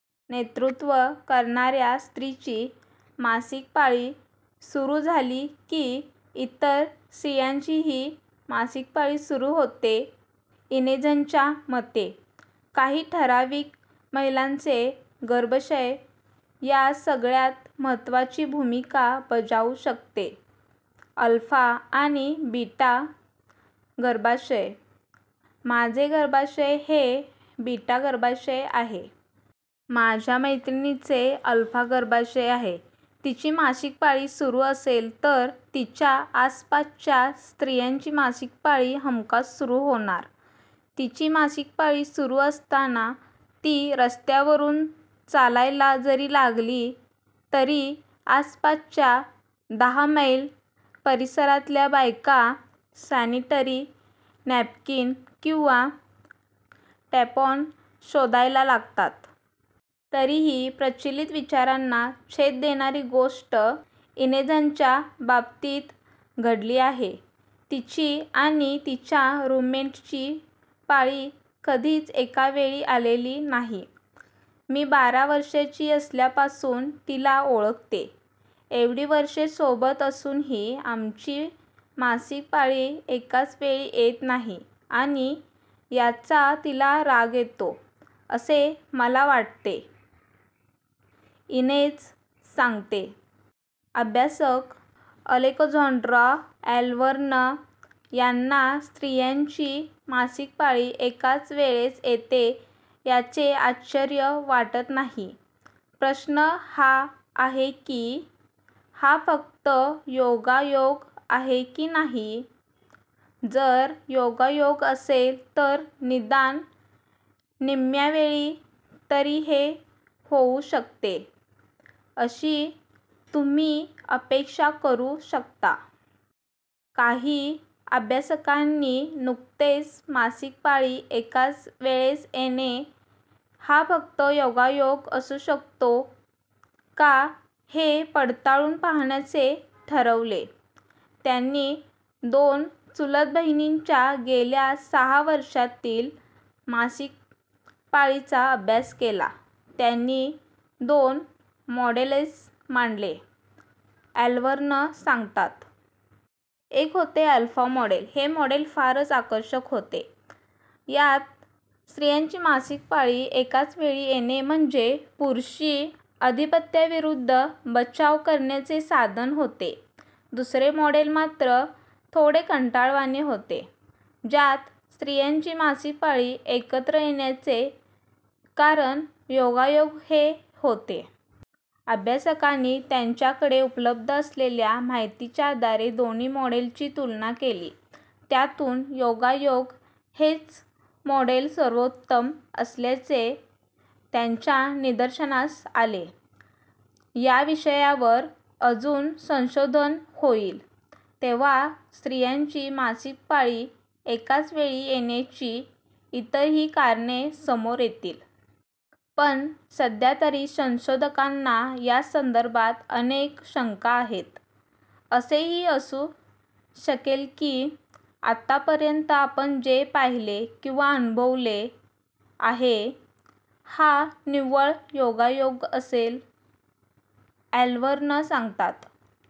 नेतृत्व करणाऱ्या स्त्रीची मासिक पाळी सुरू झाली की, इतर स्त्रियांचीही मासिक पाळी सुरू होते. इनेझच्या मते, काही ठराविक महिलांचे गर्भाशय या सगळ्यात महत्त्वाची भूमिका बजावू शकते. अल्फा आणि बीटा गर्भाशय - "माझे गर्भाशय हे बीटा गर्भाशय आहे. माझ्या मैत्रिणीचे अल्फा गर्भाशय आहे. तिची मासिक पाळी सुरू असेल तर तिच्या आसपासच्या स्त्रियांची मासिक पाळी हमखास सुरू होणार. तिची मासिक पाळी सुरू असताना ती रस्त्यावरून चालायला जरी लागली तरी आसपासच्या दहा मैल परिसरातल्या बायका सॅनिटरी नॅपकिन किंवा टॅम्पॉन शोधायला लागतात." तरीही प्रचलित विचारांना छेद देणारी गोष्ट इनेझच्या बाबतीत घडली आहे. तिची आणि तिच्या रूममेटची पाळी कधीच एका वेळी आलेली नाही. "मी बारा वर्षांची असल्यापासून तिला ओळखते. एवढी वर्षे सोबत असूनही आमची मासिक पाळी एकाच वेळी येत नाही आणि याचा तिला राग येतो असे मला वाटते," इनेझ सांगते. अभ्यासक अलेक्झांड्रा ॲलव्हर्न यांना स्त्रियांची मासिक पाळी एकाच वेळेस येते याचे आश्चर्य वाटत नाही. "प्रश्न हा आहे की हा फक्त योगायोग आहे की नाही? जर योगायोग असेल तर निदान निम्म्या वेळी तरी हे होऊ शकते अशी तुम्ही अपेक्षा करू शकता. काही अभ्यासकांनी नुकतेच मासिक पाळी एकाच वेळेस येणे हा फक्त योगायोग असू शकतो का हे पडताळून पाहण्याचे ठरवले. त्यांनी दोन चुलत बहिणींच्या गेल्या सहा वर्षांतील मासिक पाळीचा अभ्यास केला." "त्यांनी दोन मॉडेल्स मांडले," ॲलव्हर्न सांगतात. "एक होते 'अल्फा' मॉडेल. हे मॉडेल फारच आकर्षक होते; यात स्त्रियांची मासिक पाळी एकाच वेळी येणे म्हणजे पुरुषी अधिपत्याविरुद्ध बचाव करण्याचे साधन होते. दुसरे मॉडेल मात्र थोडे कंटाळवाणे होते, ज्यात स्त्रियांची मासिक पाळी एकत्र येण्याचे कारण योगायोग हे होते. अभ्यासकांनी त्यांच्याकडे उपलब्ध असलेल्या माहितीच्या आधारे दोन्ही मॉडेल्सची तुलना केली. त्यातून 'योगायोग' हेच मॉडेल सर्वोत्तम असल्याचे त्यांच्या निदर्शनास आले. या विषयावर अजून संशोधन होईल, तेव्हा स्त्रियांची मासिक पाळी एकाच वेळी येण्याची इतरही कारणे समोर येतील. पण सध्यातरी संशोधकांना या संदर्भात अनेक शंका आहेत. "असेही असू शकेल की, आतापर्यंत आपण जे पाहिले किंवा अनुभवले आहे, हा निव्वळ योगायोग असेल," ॲलव्हर्न सांगतात.